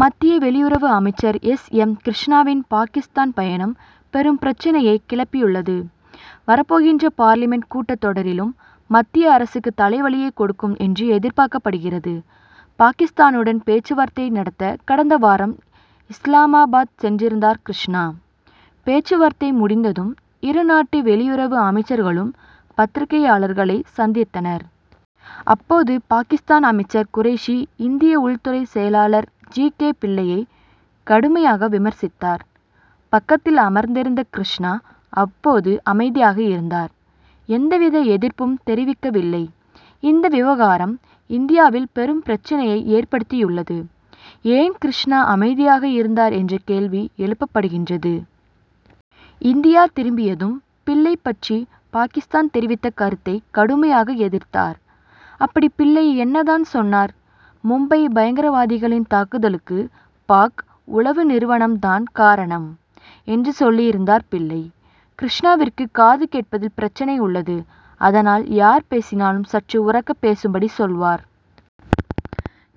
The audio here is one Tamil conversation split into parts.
மத்திய வெளியுறவு அமைச்சர் எஸ். எம். கிருஷ்ணாவின் பாகிஸ்தான் பயணம் பெரும் பிரச்னையைக் கிளப்பியுள்ளது. வரப்போகின்ற பார்லிமென்ட் கூட்டத் தொடரிலும், மத்திய அரசுக்கு தலைவலியைக் கொடுக்கும் என்று எதிர்பார்க்கப்படுகிறது. பாகிஸ்தானுடன் பேச்சுவார்த்தை நடத்த கடந்த வாரம் இஸ்லாமாபாத் சென்றிருந்தார் கிருஷ்ணா. பேச்சுவார்த்தை முடிந்ததும், இருநாட்டு வெளியுறவு அமைச்சர்களும் பத்திரிகையாளர்களைச் சந்தித்தனர். அப்போது பாகிஸ்தான் அமைச்சர் குரேஷி, இந்திய உள்துறை செயலர் ஜி. கே. பிள்ளையை கடுமையாக விமர்சித்தார். பக்கத்தில் அமர்ந்திருந்த கிருஷ்ணா அப்போது அமைதியாக இருந்தார்; எந்தவித எதிர்ப்பும் தெரிவிக்கவில்லை. இந்த விவகாரம் இந்தியாவில் பெரும் பிரச்னையை ஏற்படுத்தியுள்ளது. ஏன் கிருஷ்ணா அமைதியாக இருந்தார் என்ற கேள்வி எழுப்பப்படுகின்றது. இந்தியா திரும்பியதும், பிள்ளை பற்றி பாகிஸ்தான் தெரிவித்த கருத்தை கடுமையாக எதிர்த்தார். அப்படி பிள்ளை என்ன தான் சொன்னார்? மும்பை பயங்கரவாதிகளின் தாக்குதலுக்கு பாக்., உளவு நிறுவனம் தான் காரணம்' என்று சொல்லியிருந்தார் பிள்ளை. கிருஷ்ணாவிற்கு காது கேட்பதில் பிரச்னை உள்ளது. அதனால், யார் பேசினாலும் சற்று உரக்க பேசும்படி சொல்வார்.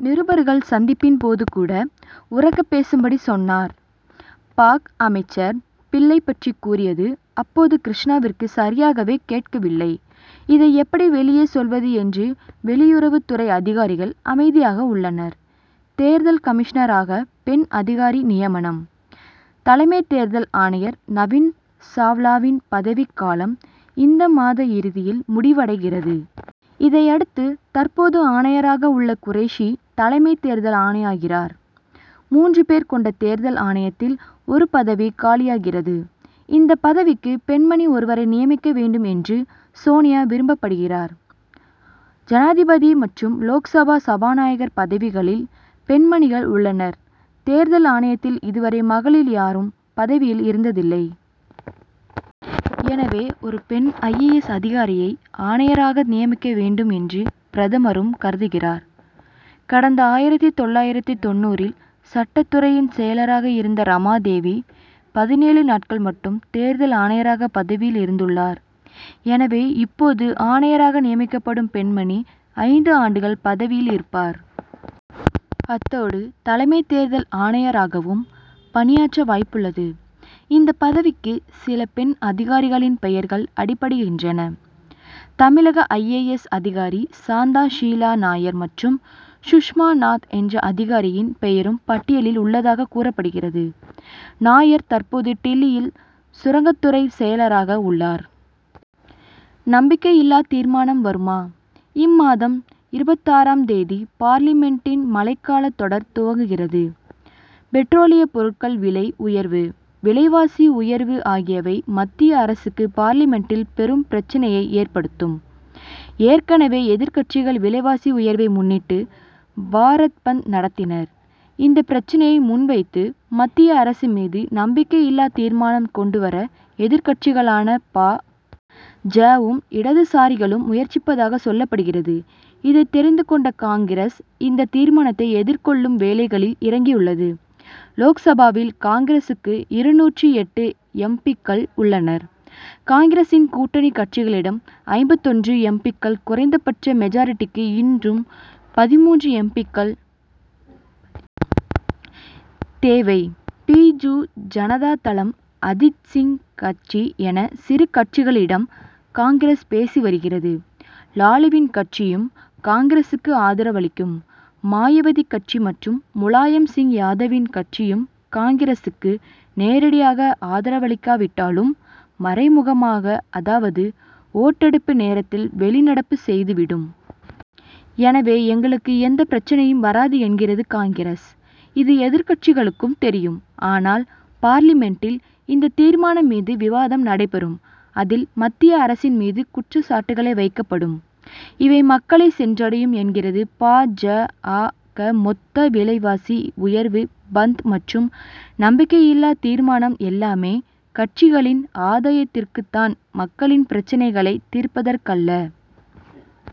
நிருபர்கள் சந்திப்பின் போது கூட உரக்க பேசும்படி சொன்னார். பாக்., அமைச்சர், பிள்ளை பற்றி கூறியது, அப்போது கிருஷ்ணாவிற்கு சரியாகவே கேட்கவில்லை. இதை எப்படி வெளியே சொல்வது என்று, வெளியுறவுத்துறை அதிகாரிகள் அமைதியாக உள்ளனர். தேர்தல் கமிஷனராக பெண் அதிகாரி நியமனம்? தலைமை தேர்தல் ஆணையர் நவீன் சாவ்லாவின் பதவிக் காலம், இந்த மாத இறுதியில் முடிவடைகிறது. இதையடுத்து, தற்போது ஆணையராக உள்ள குரேஷி தலைமை தேர்தல் ஆணையராகிறார். மூன்று பேர் கொண்ட தேர்தல் ஆணையத்தில் ஒரு பதவி காலியாகிறது. இந்த பதவிக்கு பெண்மணி ஒருவரை நியமிக்க வேண்டும் என்று சோனியா விருப்பப்படுகிறார். ஜனாதிபதி மற்றும் லோக்சபா சபாநாயகர் பதவிகளில் பெண்மணிகள் உள்ளனர். தேர்தல் ஆணையத்தில் இதுவரை மகளிர் யாரும் பதவியில் இருந்ததில்லை. எனவே, ஒரு பெண் ஐ. ஏ. எஸ்., அதிகாரியை ஆணையராக நியமிக்க வேண்டும் என்று பிரதமரும் கருதுகிறார். கடந்த ஆயிரத்து தொள்ளாயிரத்து தொண்ணூறில் சட்டத்துறையின் செயலராக இருந்த ரமா தேவி, பதினேழு நாட்கள் மட்டும் தேர்தல் ஆணையராக பதவியில் இருந்துள்ளார். எனவே, இப்போது ஆணையராக நியமிக்கப்படும் பெண்மணி, ஐந்து ஆண்டுகள் பதவியில் இருப்பார். அத்தோடு தலைமை தேர்தல் ஆணையராகவும் பணியாற்ற வாய்ப்புள்ளது. இந்த பதவிக்கு சில பெண் அதிகாரிகளின் பெயர்கள் அடிபடுகின்றன. தமிழக ஐ. ஏ. எஸ்., அதிகாரி சாந்தா ஷீலா நாயர் மற்றும் சுஷ்மா நாத் என்ற அதிகாரியின் பெயரும் பட்டியலில் உள்ளதாகக் கூறப்படுகிறது. நாயர் தற்போது டில்லியில் சுரங்கத்துறை செயலராக உள்ளார். நம்பிக்கையில்லா தீர்மானம் வருமா? இம்மாதம் இருபத்தாறாம் தேதி பார்லிமென்டின் மழைக்காலத் தொடர் துவங்குகிறது. பெட்ரோலியப் பொருட்கள் விலை உயர்வு, விலைவாசி உயர்வு ஆகியவை மத்திய அரசுக்கு பார்லிமென்ட்டில் பெரும் பிரச்னையை ஏற்படுத்தும். ஏற்கனவே எதிர்க்கட்சிகள் விலைவாசி உயர்வை முன்னிட்டு, பாரத் பந்த் நடத்தினர். இந்த பிரச்னையை முன் வைத்து மத்திய அரசு மீது நம்பிக்கையில்லா தீர்மானம் கொண்டு வர எதிர்க்கட்சிகளான பா. ஜ.,வும், இடதுசாரிகளும் முயற்சிப்பதாகச் சொல்லப்படுகிறது. இதை தெரிந்து கொண்ட காங்கிரஸ் இந்த தீர்மானத்தை எதிர்க்கொள்ளும் வேலைகளில் இறங்கியுள்ளது. லோக்சபாவில் காங்கிரசுக்கு இருநூற்று எட்டு எம். பி.,க்கள் உள்ளனர். காங்கிரசின் கூட்டணி கட்சிகளிடம் ஐம்பத்தொன்று எம். பி.,க்கள். குறைந்த பட்ச மெஜாரிட்டிக்கு இன்றும் பதிமூன்று எம். பி.,க்கள் தேவை. பிஜு ஜனதா தளம், அஜித் சிங்க் கட்சி என சிறு கட்சிகளிடம் காங்கிரஸ் பேசி வருகிறது. லாலுவின் கட்சியும் காங்கிரசுக்கு ஆதரவளிக்கும். மாயவதி கட்சி மற்றும் முலாயம் சிங் யாதவின் கட்சியும் காங்கிரசுக்கு நேரடியாக ஆதரவளிக்காவிட்டாலும், மறைமுகமாக, அதாவது ஓட்டெடுப்பு நேரத்தில் வெளிநடப்பு செய்துவிடும். எனவே, எங்களுக்கு எந்த பிரச்னையும் வராது என்கிறது காங்கிரஸ். இது எதிர்க்கட்சிகளுக்கும் தெரியும். ஆனால், பார்லிமென்டில் இந்த தீர்மானம் மீது விவாதம் நடைபெறும். அதில், மத்திய அரசின் மீது குற்றச்சாட்டுகள் வைக்கப்படும். இவை மக்களை சென்றடையும் என்கிறது பா. ஜ., ஆக மொத்தம் இந்த விலைவாசி உயர்வு பந்த் மற்றும் நம்பிக்கையில்லா தீர்மானம் எல்லாமே, கட்சிகளின் ஆதாயத்திற்குத் தான், மக்களின் பிரச்னைகளை தீர்ப்பதற்கல்ல.